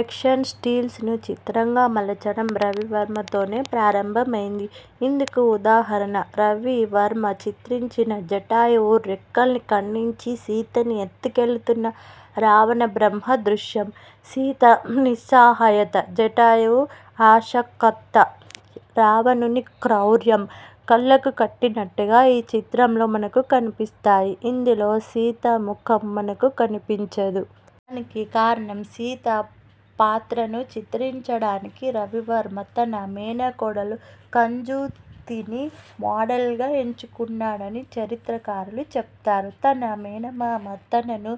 Action stills ను చిత్రంగా మలచడం రవివర్మతోనే ప్రారంభమైంది. ఇందుకు ఉదాహరణ రవివర్మ చిత్రించిన జటాయువు రెక్కల్ని ఖండించి, సీతను ఎత్తుకెళుతున్న రావణబ్రహ్మ దృశ్యం. సీత నిస్సహాయత, జటాయువు ఆశక్తత, రావణుని క్రౌర్యం కళ్ళకు కట్టినట్టుగా ఈ చిత్రంలో మనకు కన్పిస్తాయి. ఇందులో సీతముఖం మనకు కన్పించదు. దానికి కారణం సీత పాత్రను చిత్రించడానికి రవివర్మ తన మేనకోడలు కంజూతిని మోడల్ గా ఎంచుకున్నాడని చరిత్రకారులు చెప్తారు. తన మేనమామ తనను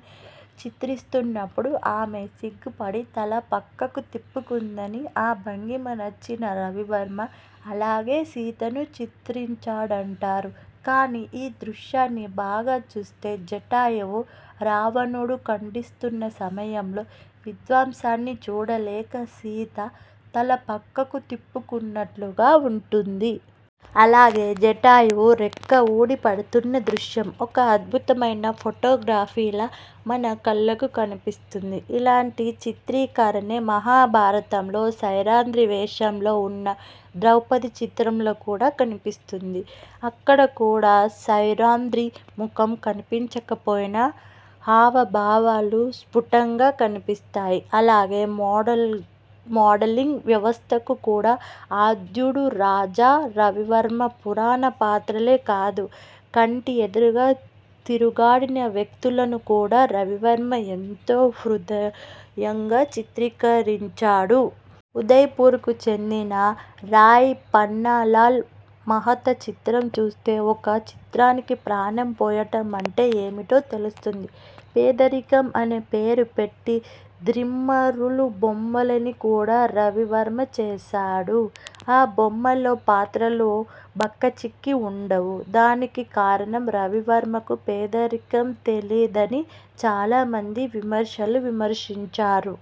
చిత్రిస్తున్నప్పుడు ఆమె సిగ్గుపడి తల పక్కకు తిప్పుకుందని ఆ భంగిమ నచ్చిన రవివర్మ అలాగే సీతను చిత్రించాడంటారు. కానీ ఈ దశ్యాన్ని బాగా చూస్తే జటాయువు రావణుడు ఖండిస్తున్న సమయంలో విధ్వంసాన్ని చూడలేక సీత తల పక్కకు తిప్పుకున్నట్లుగా వుంటుంది. అలాగే జటాయువు రెక్క వూడి పడుతున్న దృశ్యం. ఒక అద్భుతమైన ఫోటోగ్రఫీలా మన కళ్ళకు కన్పిస్తుంది. ఇలాంటి చిత్రీకరణే మహాభారతంలో సైరంధ్రీ వేషంలో వున్న ద్రౌపది చిత్రంలో కూడా కన్పిస్తుంది. అక్కడ కూడా సైరంధ్రీ ముఖం కన్పించకపోయినా హావభావాలు స్ఫుటంగా కన్పిస్తాయి. అలాగే మోడలింగ్ వ్యవస్తకు కూడా ఆధ్యుడు రాజా రవివర్మ పురాణ పాత్రలే కాదు కంటి ఎదురుగా తిరుగాడిన వ్యక్తులను కూడా రవివర్మ ఎంతో హృద్యంగా చిత్రీకరించాడు. ఉదయ్ పూర్ కు చెందిన రాయ్ పన్నాలాల్ మెహతా చిత్రం చూస్తే ఒక చిత్రానికి ప్రాణం పోయడం అంటే ఏమిటో తెలుస్తుంది. పేదరికం అని పేరు పెట్టి ద్రిమ్మరుల బొమ్మలిని కూడా రవివర్మ వేశాడు. ఆ బొమ్మల్లో పాత్రలు బక్కచిక్కి వుండవు. దానికి కారణం రవివర్మకు పేదరికం తెలీదని చాలామంది విమర్శలు విమర్శించారు.